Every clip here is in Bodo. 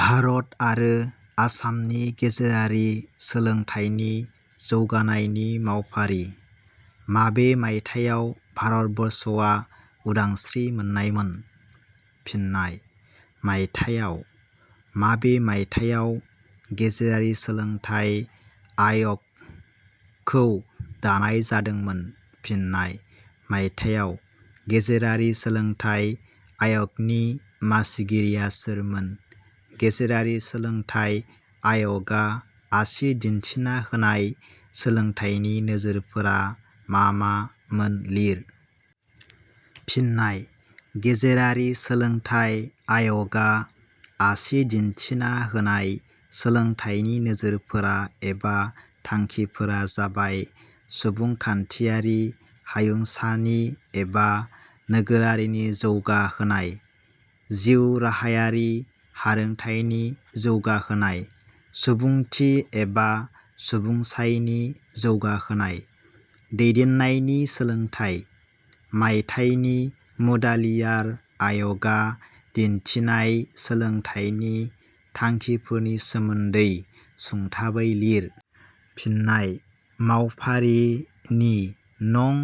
भारत आरो आसामनि गेजेरारि सोलोंथाइनि जौगानायनि मावफारि-.माबे मायथायाव भारतबर्षआ उदांस्रि मोननायमोन? फिन्नाय: मायथाइयाव. माबे मायथाइयाव गेजेरारि सोलोंथाइ आयग 'खौ दानाय जादोंमोन? फिन्नाय: मायथाइयाव. गेजेरारि सोलोंथाइ आय'गनि मासिगिरिया सोरमोन?.गेजेरारि सोलोंथाइ आय 'गा आसि दिन्थिना होनाय सोलोंथाइनि नोजोरफोरा मा मा मोन लिर। फिन्नाय:गेजेरारि सोलोंथाइ आय 'गा आसि दिन्थिना होनाय सोलोंथाइनि नोजोरफोरा एबा थांखिफोरा जाबाय: सुबुंखान्थियारि हायुंसानि एबा नोगोरारिनि जौगा होनाय। जिउ राहायारि हारोंथाइनि जौगाहोनाय। सुबुंथि एबा सुबुंसायनि जौगाहोनाय। दैदेननायनि सोलोंथाइ।. - मायथाइनि मुडालियार आय 'गा दिन्थिनाय सोलोंथाइनि थांखिफोरनि सोमोन्दै सुंथाबै लिर। फिन्नाय: मावफारि – नि नं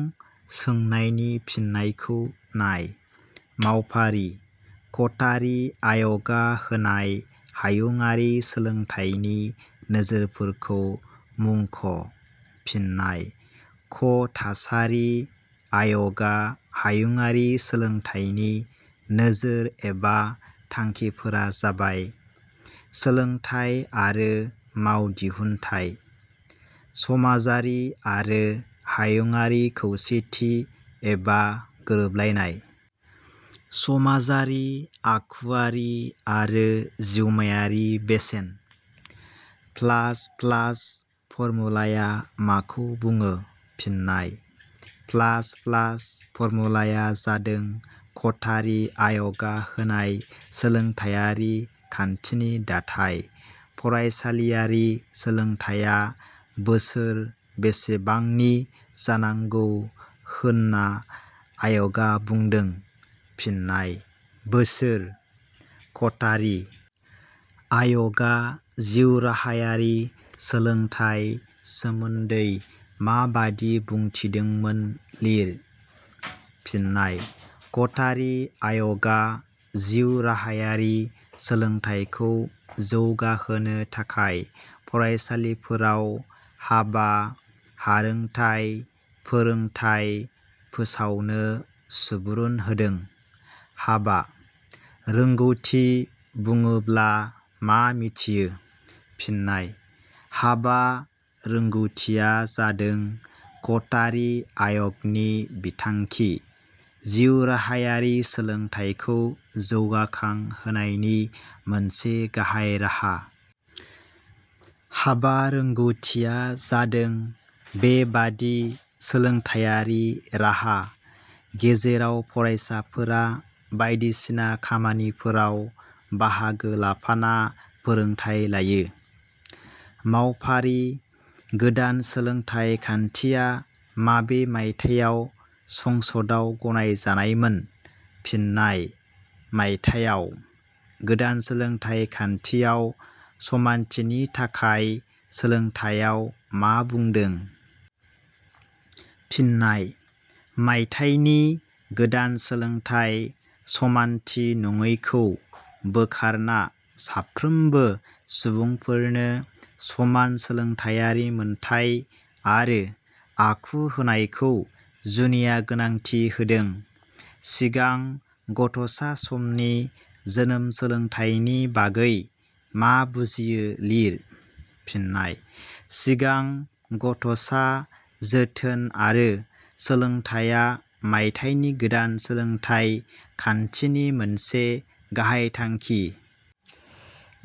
सोंनायनि फिननायखौ नाय। मावफारि-.कथारि आय 'गा होनाय हायुंङारि सोलोंथाइनि नोजोरफोरखौ मुंख'। फिन्नाय: क' थासारि आयगा हायुंङारि सोलोंथाइनि नोजोर एबा थांखिफोरा जाबाय: सोलोंथाइ आरो मावदिहुनथाइ। समाजारि आरो हायुंङारि खौसेथि एबा गोरोबलायनाय। समाजारि, आखुआरि आरो जिउमायारि बेसेन। ++ फरमुलाया माखौ बुङो? फिन्नाय: ++ फरमुलाया जादों कथारि आय 'गा होनाय सोलोंथाइयारि खान्थिनि दाथाय।.फरायसालियारि सोलोंथाइया बोसोर बेसेबांनि जानांगौ होनना आय 'गा बुंदों? फिन्नाय: बोसोर।.कथारि आय 'गा जिउराहायारि सोलोंथाइ सोमोन्दै माबादि बुंथिदोंमोन लिर। फिन्नाय: कथारि आय 'गा जिउ राहायारि सोलोंथाइखौ जौगाहोनो थाखाय फरायसालिफोराव हाबा – हारोंथाइ फोरोंथाइ फोसावनो सुबुरुन होदों।.'हाबा – रोंगौथि ' बुङोबला मा मिथियो? फिन्नाय: 'हाबा – रोंगौथिया ' जादों कथारि आय 'गनि बिथांखि, जिउ राहायारि सोलोंथाइखौ जौगाखां होनायनि मोनसे गाहाइ राहा। हाबा रोंगौथिया जादों बे बादि सोलोंथाइयारि राहा गेजेराव फरायसाफोरा बायदिसिना खामानिफोराव बाहागो लाफाना फोरोंथाइ लायो। मावफारि -.गोदान सोलोंथाइ खान्थिया माबे मायथाइयाव संसदाव गनाय जानायमोन। फिन्नाय: मायथाइयाव।.गोदान सोलोंथाइ खान्थियाव 'समानथिनि थाखाय सोलोंथाइयाव ' मा बुंदों? फिन्नाय: मायथाइनि गोदान सोलोंथाइ समानथि नङैखौ बोखारना साफ्रोमबो सुबुंफोरनो समान सोलोंथाइयारि मोनथाइ आरो आखु होनायखौ जुनिया गोनांथि होदों।.सिगां गथ 'सा समनि जोनोम सोलोंथाइनि बागै मा बुजियो लिर। फिन्नाय: सिगां गथ 'सा जोथोन आरो सोलोंथाइया मायथाइनि गोदान सोलोंथाइ खान्थिनि मोनसे गाहाइ थांखि।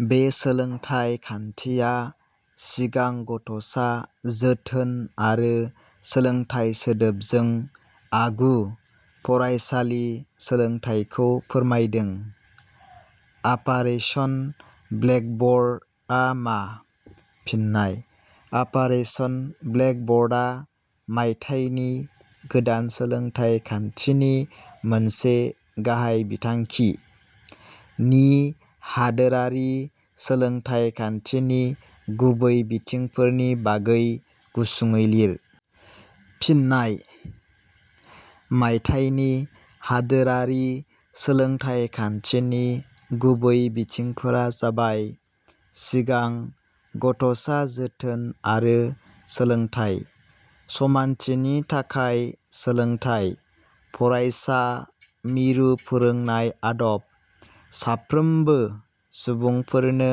बे सोलोंथाइ खान्थिया सिगां गथ'सा जोथोन आरो सोलोंथाइ सोदोबजों आगु – फरायसालि सोलोंथाइखौ फोरमायदों।.'आपारेसन ब्लेक बर्ड' आ मा? फिन्नाय: 'आपारेसन ब्लेक बर्ड' आ मायथाइनि गोदान सोलोंथाइ खान्थिनि मोनसे गाहाइ बिथांखि।. नि हादरारि सोलोंथाइ खान्थिनि गुबै बिथिंफोरनि बागै गुसुङैलिर। फिन्नाय: मायथाइनि हादरारि सोलोंथाइ खान्थिनि गुबै बिथिंफोरा जाबाय – सिगां गथ 'सा जोथोन आरो सोलोंथाइ। समानथिनि थाखाय सोलोंथाइ। फरायसा मिरु फोरोंनाय आदब। साफ्रोमबो सुबुंफोरनो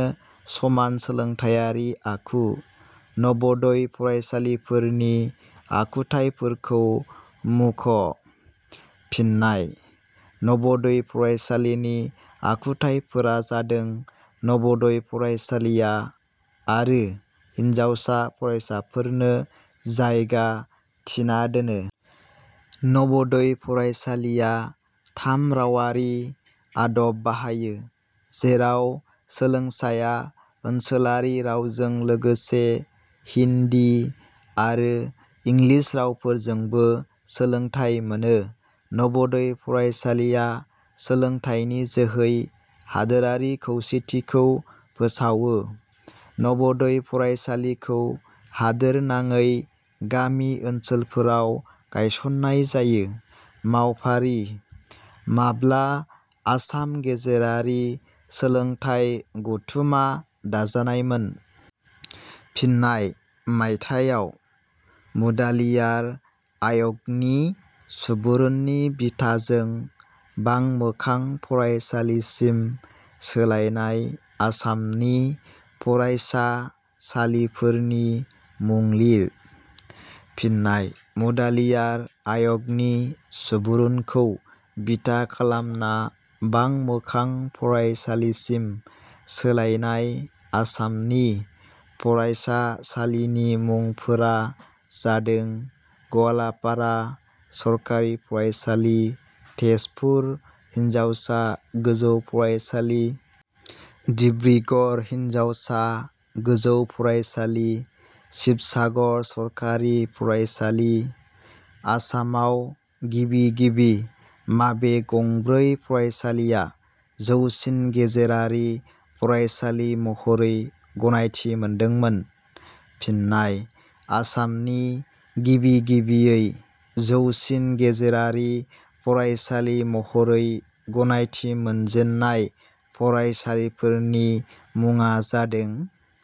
समान सोलोंथाइयारि आखु।.नवोदय फरायसालिफोरनि आखुथाइ फोरखौ मुख'। फिन्नाय: नवोदय फरायसालिनि आखुथाइफोरा जादों: नवोदय फरायसालिया, आरो हिनजावसा फरासाफोरनो जायगा थिना दोनो। नवोदय फरायसालिया थाम रावआरि आदब बाहायो जेराव सोलोंसाया ओनसोलारि रावजों लोगोसे हिन्दि आरो इंग्लिस रावफोरजोंबो सोलोंथाइ मोनो। नवोदय फरायसालिया सोलोंथाइनि जोहै हादरारि खौसेथिखौ फोसावयो। नवोदय फरायसालिखौ हादरनाङै गामि ओनसोलफोराव गायसननाय जायो। मावफारि-.माब्ला आसाम गेजेरारि सोलोंथाइ गथुमा दाजानायमोन? फिन्नाय: मायथाइयाव।. मुडालियार आय 'गनि सुबुरुननि बिथाजों बांमोखां फरायसालिसिम सोलायनाय आसामनि फरायसा सालिफोरनि मुं लिर। फिन्नाय: मुडालियार आय 'गनि सुबुरुनखौ बिथा खालामना बांमोखां फरायसालिसिम सोलायनाय आसामनि फरायसा सालिनि मुंफोरा जादों: गवालापारा सरकारि फरायसालि। तेजपुर हिनजावसा गोजौ फरायसालि। डिब्रुगरड़़ हिनजावसा गोजौ फरायसालि। सिबसागर सरकारि फरायसालि।.आसामाव गिबि गिबि माबे गंब्रै फरायसालिया जौसिन गेजेरारि फरायसालि महरै गनायथि मोनदोंमोन? फिन्नाय: आसामनि गिबि गिबियै जौसिन गेजेरारि फरायसालि महरै गनायथि मोनजेननाय फरायसालिफोरनि मुङा जादों:।